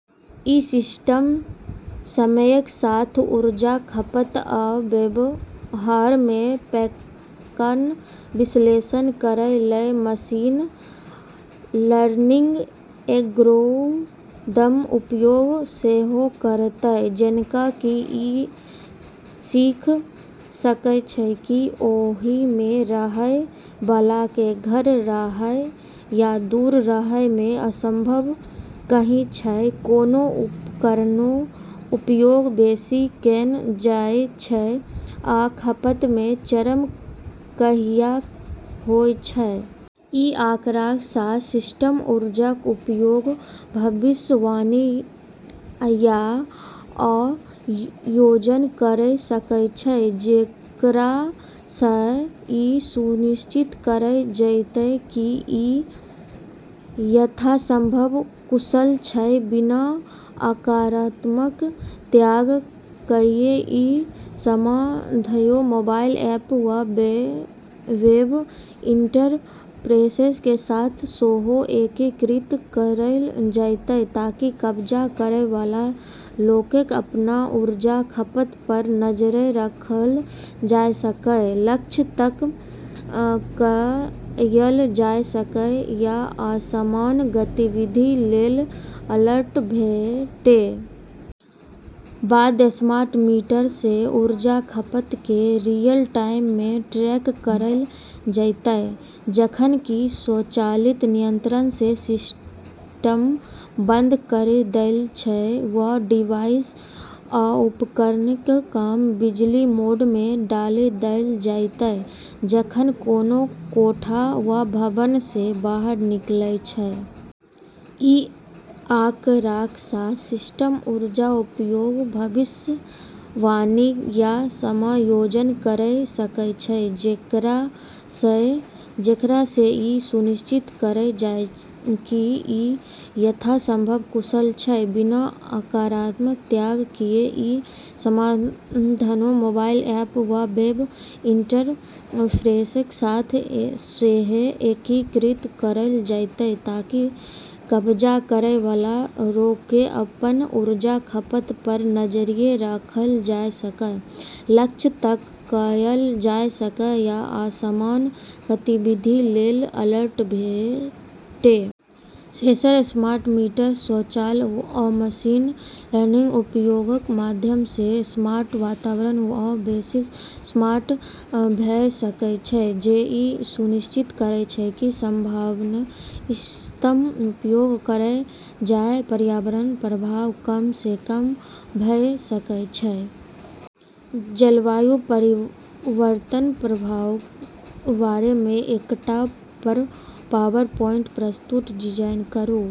ई system समयक साथ ऊर्जाक खपत आ व्यवहार मे पैटर्नक विश्लेषण करै लेल मशीन लर्निंग एल्गोरिदमक उपयोग सेहो करतै। जेना कि ई सीख सकै छै कि ओहि मे रहय बला कें घर रहय वा दूर रहय कें संभावना कहिया छै, कोनो उपकरणकें उपयोग बेसि कैल जाइत छै, आ खपत कें चरम कहिया होयत छै। ई आंकड़ाक साथ सिस्टम ऊर्जाक उपयोगक भविष्यवाणी आ समायोजन करि सकै छै, जेकरा सँ ई सुनिश्चित कयल जेतै कि ई यथासंभव कुशल छै, बिना आरामक त्याग कएल। ​ई समाधानकें मोबाइल ऐप वा वेब इंटरफेसक साथ सेहो एकीकृत कयल जेतै ताकि कब्जा करै वाला लोककें अपन ऊर्जाक खपत पर नजरि राखल जा सकै, लक्ष्य तय कयल जा सकै आ असामान्य गतिविधि लेल अलर्ट भेटै। बाद स्मार्ट मीटर सँ ऊर्जाक खपत कें रियल-टाइम मे ट्रैक कयल जेतै, जखन कि स्वचालित नियंत्रण सँ सिस्टमकें बन्द करि देल जेतै वा डिवाइस आ उपकरणकें कम बिजलीक मोड मे डालि देल जेतै जखन कोनो कोठा वा भवन सँ बाहर निकलै छै। ई आंकड़ाक साथ सिस्टम ऊर्जाक उपयोगक भविष्यवाणी आ समायोजन करि सकै छै, जेकरा सँ ई सुनिश्चित कयल जेतै कि ई यथासंभव कुशल छै, बिना आरामक त्याग कएल। ई समाधानकें मोबाइल ऐप वा वेब इंटरफेसक साथ सेहो एकीकृत कयल जेतै ताकि कब्जा करै वाला लोककें अपन ऊर्जाक खपत पर नजरि राखल जा सकै, लक्ष्य तय कयल जा सकै आ असामान्य गतिविधि लेल अलर्ट भेटै। सेंसर, स्मार्ट मीटर, स्वचालन, आ मशीन लर्निंगक उपयोगक माध्यम सँ स्मार्ट वातावरण आ बेसि स्मार्ट भ सकै छै, जे ई सुनिश्चित करैत छै कि संसाधनकें इष्टतम उपयोग कयल जा आ पर्यावरण पर प्रभाव कम सँ कम भ सकै छै। जलवायु परिवर्तनक प्रभावकें बारे मे एकटा पावरपॉइंट प्रस्तुति डिजाइन करूं।